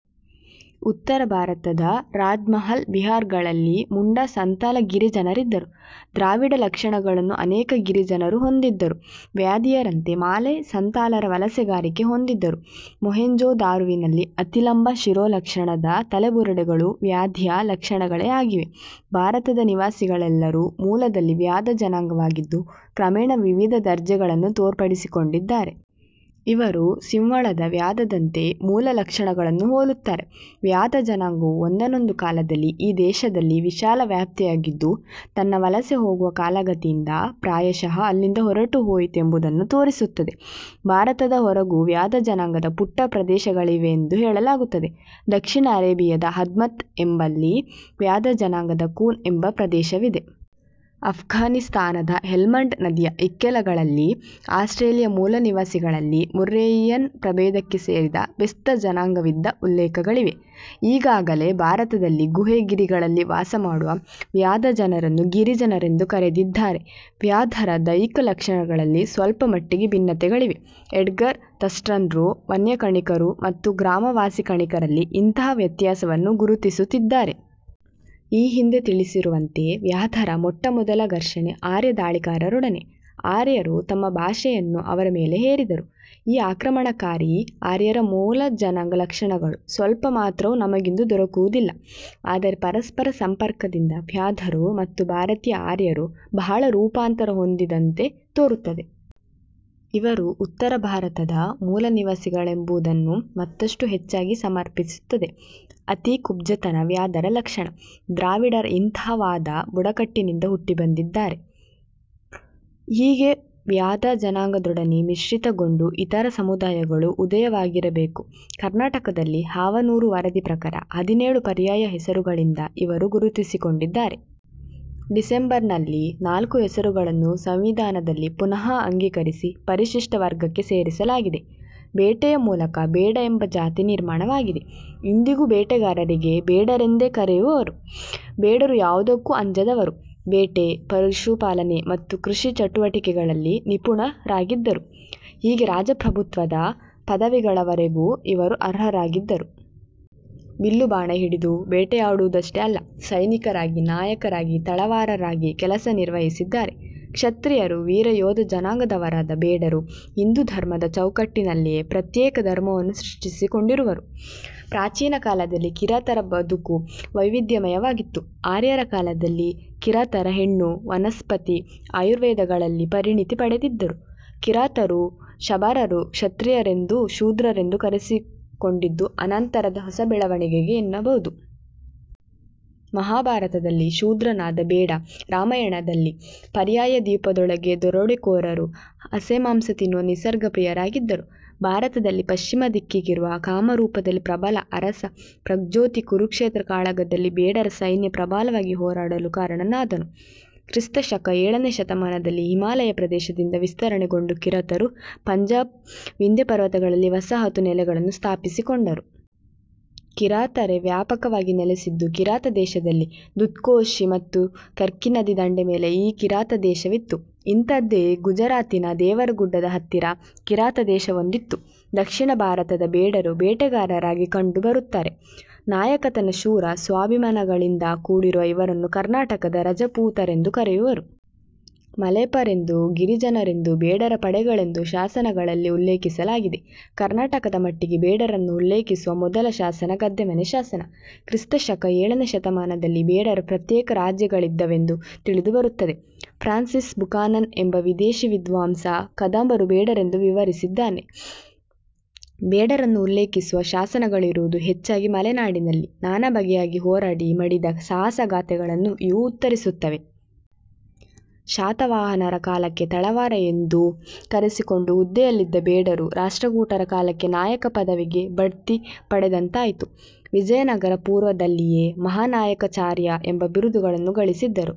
ಉತ್ತರ ಭಾರತದ ರಾಜಮಹಲ್, ಬಿಹಾರಗಳಲ್ಲಿ ಮುಂಡಾ, ಸಂತಾಲ ಗಿರಿಜನರಿದ್ದರು. ದ್ರಾವಿಡ ಲಕ್ಷಣಗಳನ್ನು ಅನೇಕ ಗಿರಿಜನರು ಹೊಂದಿದ್ದರು. ವ್ಯಾಧೀಯರಂತೆ ಮಾಲೆ, ಸಂತಾಲರ ವಲಸೆಗಾರಿಕೆ ಹೊಂದಿದ್ದರು. ಮೊಹೆಂಜೋದಾರೊವಿನಲ್ಲಿ ಅತಿಲಂಬ ಶಿರೋಲಕ್ಷಣದ ತಲೆಬುರುಡೆಗಳು ವ್ಯಾಧಿಯ ಲಕ್ಷಣಗಳೇ ಆಗಿವೆ. ಭಾರತದ ನಿವಾಸಿಗಳೆಲ್ಲರೂ ಮೂಲದಲ್ಲಿ ವ್ಯಾಧ ಜನಾಂಗವಾಗಿದ್ದು, ಕ್ರಮೇಣ ವಿವಿಧ ದರ್ಜೆಗಳನ್ನು ತೋರ್ಪಡಿಸಿಕೊಂಡಿದ್ದಾರೆ. ಇವರು ಸಿಂಹಳದ ವ್ಯಾಧದಂತೆ ಮೂಲ ಲಕ್ಷಣಗಳನ್ನು ಹೋಲುತ್ತಾರೆ. ವ್ಯಾಧ ಜನಾಂಗವು ಒಂದಾನೊಂದು ಕಾಲದಲ್ಲಿ ಈ ದೇಶದಲ್ಲಿ ವಿಶಾಲ ವ್ಯಾಪಿಯಾಗಿದ್ದು ತನ್ನ ವಲಸೆ ಹೋಗುವ ಕಾಲಗತಿಯಿಂದ ಪ್ರಾಯಶಃ ಅಲ್ಲಿಂದ ಹೊರಟು ಹೋಯಿತೆಂಬುದನ್ನು ತೋರಿಸುತ್ತದೆ. ಭಾರತದ ಹೊರಗೂ ವ್ಯಾದ ಜನಾಂಗದ ಪುಟ್ಟ ಪ್ರದೇಶಗಳಿವೆಂದು ಹೇಳಲಾಗುತ್ತದೆ. ದಕ್ಷಿಣ ಅರೇಬಿಯಾದ ಹಧ್ಮತ್ ಎಂಬಲ್ಲಿ ವಾದ್ಯ ಜನಾಂಗದ 'ಕೂನ್' ಎಂಬ ಪ್ರದೇಶವಿದೆ. ಆಫ್ಘಾನಿಸ್ತಾನದ ಹೆಲ್ಮಾಂಡ್ ನದಿಯ ಇಕ್ಕೆಲಗಳಲ್ಲಿ, ಆಸ್ಟ್ರೇಲಿಯಾ ಮೂಲನಿವಾಸಿಗಳಲ್ಲಿ ಮುರ್ರೇಯಿಯನ್ ಪ್ರಭೇದಕ್ಕೆ ಸೇರಿದ ಬೆಸ್ತ ಜನಾಂಗವಿದ್ದ ಉಲ್ಲೇಖಗಳಿವೆ ಈಗಾಗಲೇ ಭಾರತದಲ್ಲಿ 'ಗುಹೆ, ಗಿರಿಗಳಲ್ಲಿ ವಾಸ ಮಾಡುವ ವ್ಯಾಧ ಜನರನ್ನು ಗಿರಿಜನರೆಂದು ಕರೆದಿದ್ದಾರೆ. ವ್ಯಾಧರ ದೈಹಿಕ ಲಕ್ಷಣಗಳಲ್ಲಿ ಸ್ವಲ್ಪಮಟ್ಟಿಗೆ ಭಿನ್ನತೆಗಳಿವೆ. ಎಡ್ಗರ್ ಥರ್ಸ್ಟನ್ರು ವನ್ಯಕಣಿಕರು ಮತ್ತು ಗ್ರಾಮ ವಾಸೀ ಕಣಿಕರಲ್ಲಿ ಇಂಥಾ ವ್ಯತ್ಯಾಸವನ್ನು ಗುರುತಿಸುತ್ತಿದ್ದಾರೆ. ಈ ಹಿಂದೆ ತಿಳಿಸಿರುವಂತೆ ವ್ಯಾಧರ ಮೊಟ್ಟಮೊದಲ ಘರ್ಷಣೆ ಆರ್ಯ ಧಾಳಿಕಾರರೊಡನೆ. ಆರ್ಯರು ತಮ್ಮ ಭಾಷೆಯನ್ನು ಅವರ ಮೇಲೆ ಹೇರಿದರು. ಈ ಆಕ್ರಮಣಕಾರೀ ಆರ್ಯರ ಮೂಲ ಜನಾಂಗ ಲಕ್ಷಣಗಳು ಸ್ವಲ್ಪ ಮಾತ್ರವೂ ನಮಗಿಂದು ದೊರಕುವುದಿಲ್ಲ. ಆದರೆ ಪರಸ್ಪರ ಸಂಪರ್ಕದಿಂದ ವ್ಯಾಧರು ಮತ್ತು ಭಾರತೀಯ ಆರ್ಯರು ಬಹಳ ರೂಪಾಂತರ ಹೊಂದಿದಂತೆ ತೋರುತ್ತದೆ. ಇವರು ಉತ್ತರ ಭಾರತದ ಮೂಲನಿವಾಸಿಗಳೆಂಬುದನ್ನು ಮತ್ತಷ್ಟು ಹೆಚ್ಚಾಗಿ ಸಮರ್ಥಿಸುತ್ತದೆ. ಅತೀ ಕುಬ್ಜತನ ವ್ಯಾಧರ ಲಕ್ಷಣ. ದ್ರಾವಿಡರ ಇಂಥಾ ವಾಧ ಬುಡಕಟ್ಟಿನಿಂದ ಹುಟ್ಟಿ ಬಂದಿದ್ದಾರೆ. ಹೀಗೆ ವ್ಯಾಧ ಜನಾಂಗದೊಡನೆ ಮಿಶ್ರಿತಗೊಂಡು ಇತರ ಸಮುದಾಯಗಳು ಉದಯವಾಗಿರಬೇಕು. ಕರ್ನಾಟಕದಲ್ಲಿ ಹಾವನೂರು ವರದಿ ಪ್ರಕಾರ ಹದಿನೇಳು ಪರ್ಯಾಯ ಹೆಸರುಗಳಿಂದ ಇವರು ಗುರುತಿಸಿಕೊಂಡಿದ್ದಾರೆ. ಡಿಸೆಂಬರ್ನಲ್ಲಿ ನಾಲ್ಕು ಹೆಸರುಗಳನ್ನು ಸಂವಿಧಾನದಲ್ಲಿ ಪುನಃ ಅಂಗೀಕರಿಸಿ ಪರಿಶಿಷ್ಟ ವರ್ಗಕ್ಕೆ ಸೇರಿಸಲಾಗಿದೆ. ಬೇಟೆಯ ಮೂಲಕ ಬೇಡ ಎಂಬ ಜಾತಿ ನಿರ್ಮಾಣವಾಗಿದೆ. ಇಂದಿಗೂ ಬೇಟೆಗಾರರಿಗೆ ಬೇಡರೆಂದೇ ಕರೆಯುವರು. ಬೇಡರು ಯಾವುದಕ್ಕೂ ಅಂಜದವರು. ಬೇಟೆ, ಪಶುಪಾಲನೆ ಮತ್ತು ಕೃಷಿ ಚಟುವಟಿಕೆಗಳಲ್ಲಿ ನಿಪುಣರಾಗಿದ್ದರು. ಹೀಗೆ ರಾಜಪ್ರಭುತ್ವದ ಪದವಿಗಳವರೆಗೂ ಇವರು ಅರ್ಹರಾಗಿದ್ದರು. ಬಿಲ್ಲುಬಾಣ ಹಿಡಿದು ಬೇಟೆಯಾಡುವುದಷ್ಟೇ ಅಲ್ಲ. ಸೈನಿಕರಾಗಿ, ನಾಯಕರಾಗಿ, ತಳವಾರರಾಗಿ ಕೆಲಸ ನಿರ್ವಹಿಸಿದ್ದಾರೆ. ಕ್ಷತ್ರಿಯರು, ವೀರಯೋಧ ಜನಾಂಗದವರಾದ ಬೇಡರು ಹಿಂದೂಧರ್ಮದ ಚೌಕಟ್ಟಿನಲ್ಲಿಯೇ ಪ್ರತ್ಯೇಕ ಧರ್ಮವನ್ನು ಸೃಷ್ಟಿಸಿಕೊಂಡಿರುವರು. ಪ್ರಾಚೀನ ಕಾಲದಲ್ಲಿ ಕಿರಾತರ ಬದುಕು ವೈವಿಧ್ಯಮಯವಾಗಿತ್ತು. ಆರ್ಯರ ಕಾಲದಲ್ಲಿ ಕಿರಾತರ ಹೆಣ್ಣು, ವನಸ್ಪತಿ, ಆಯುರ್ವೇದಗಳಲ್ಲಿ ಪರಿಣಿತಿ ಪಡೆದಿದ್ದರು. ಕಿರಾತರು, ಶಬರರು ಕ್ಷತ್ರಿಯರೆಂದು, ಶೂದ್ರರೆಂದು ಕರೆಸಿಕೊಂಡಿದ್ದು, ಅನಂತರದ ಹೊಸ ಬೆಳವಣಿಗೆಗೆ ಎನ್ನಬಹುದು. ಮಹಾಭಾರತದಲ್ಲಿ ಶೂದ್ರನಾದ ಬೇಡ, ರಾಮಾಯಣದಲ್ಲಿ, ಪರ್ಯಾಯ ದ್ವೀಪದೊಳಗೆ ದರೋಡೆಕೋರರು, ಹಸೆಮಾಂಸ ತಿನ್ನುವ ನಿಸರ್ಗ ಪ್ರಿಯರಾಗಿದ್ದರು. ಭಾರತದಲ್ಲಿ ಪಶ್ಚಿಮ ದಿಕ್ಕಿಗಿರುವ ಕಾಮರೂಪದಲ್ಲಿ ಪ್ರಬಲ ಅರಸ 'ಪ್ರಗ್ಜೊತಿ' ಕುರುಕ್ಷೇತ್ರ ಕಾಳಗದಲ್ಲಿ ಬೇಡರ ಸೈನ್ಯ ಪ್ರಬಲವಾಗಿ ಹೋರಾಡಲು ಕಾರಣನಾದನು. ಕ್ರಿಸ್ತ ಶಕ ಎಳನೆ ಶತಮಾನದಲ್ಲಿ ಹಿಮಾಲಯ ಪ್ರದೇಶದಿಂದ ವಿಸ್ತರಣೆಗೊಂಡು ಕಿರಾತರು, ಪಂಜಾಬ್, ವಿಂದ್ಯಾಪರ್ವತಗಳಲ್ಲಿ ವಸಾಹತು ನೆಲೆಗಳನ್ನು ಸ್ಥಾಪಿಸಿಕೊಂಡರು. ಕಿರಾತರೇ ವ್ಯಾಪಕವಾಗಿ ನೆಲೆಸಿದ್ದು ಕಿರಾತ ದೇಶದಲ್ಲಿ ದುದ್ಕೋಶಿ ಮತ್ತು ಕರ್ಕಿನದಿ ದಂಡೆ ಮೇಲೆ ಈ ಕಿರಾತ ದೇಶವಿತ್ತು. ಇಂಥದ್ದೇ ಗುಜರಾತಿನ ದೇವರಗುಡ್ಡದ ಹತ್ತಿರ ಕಿರಾತ ದೇಶವೊಂದಿತ್ತು. ದಕ್ಷಿಣ ಭಾರತದ ಬೇಡರು ಬೇಟೆಗಾರರಾಗಿ ಕಂಡು ಬರುತ್ತಾರೆ. ನಾಯಕತನ ಶೂರ, ಸ್ವಾಭಿಮಾನಗಳಿಂದ ಕೂಡಿರುವ ಇವರನ್ನು ಕರ್ನಾಟಕದ ರಜಪೂತರೆಂದು ಕರೆಯುವರು. ಮಲೆಪರೆಂದು, ಗಿರಿಜನರೆಂದು, ಬೇಡರ ಪಡೆಗಳೆಂದು ಶಾಸನಗಳಲ್ಲಿ ಉಲ್ಲೇಖಿಸಲಾಗಿದೆ. ಕರ್ನಾಟಕದ ಮಟ್ಟಿಗೆ ಬೇಡರನ್ನು ಉಲ್ಲೇಖಿಸುವ ಮೊದಲ ಶಾಸನ ಗದ್ದೆಮನೆ ಶಾಸನ. ಕ್ರಿಸ್ತ ಶಕ ಎಳನೆ ಶತಮಾನದಲ್ಲಿ ಬೇಡರ ಪ್ರತ್ಯೇಕ ರಾಜ್ಯಗಳಿದ್ದವೆಂದು ತಿಳಿದುಬರುತ್ತದೆ. ಫ್ರಾನ್ಸಿಸ್ ಬುಕಾನನ್ ಎಂಬ ವಿದೇಶಿ ವಿದ್ವಾಂಸ ಕದಂಬರು ಬೇಡರೆಂದು ವಿವರಿಸಿದ್ದಾನೆ. ಬೇಡರನ್ನು ಉಲ್ಲೇಖಿಸುವ ಶಾಸನಗಳಿರುವುದು ಹೆಚ್ಚಾಗಿ ಮಲೆನಾಡಿನಲ್ಲಿ, ನಾನಾ ಬಗೆಯಾಗಿ ಹೋರಾಡಿ, ಮಡಿದ ಸಾಹಸಗಾಥೆಗಳನ್ನು ಇವು ಉತ್ತರಿಸುತ್ತವೆ. ಶಾತವಾಹನರ ಕಾಲಕ್ಕೆ ತಳವಾರ ಎಂದು ಕರೆಸಿಕೊಂಡು ಹುದ್ದೆಯಲ್ಲಿದ್ದ ಬೇಡರು, ರಾಷ್ಟ್ರಕೂಟರ ಕಾಲಕ್ಕೆ 'ನಾಯಕ' ಪದವಿಗೆ ಬಡ್ತಿ ಪಡೆದಂತಾಯಿತು. ವಿಜಯನಗರ ಪೂರ್ವದಲ್ಲಿಯೇ ಮಹಾನಾಯಕಚಾರ್ಯ ಎಂಬ ಬಿರುದುಗಳನ್ನು ಗಳಿಸಿದ್ದರು.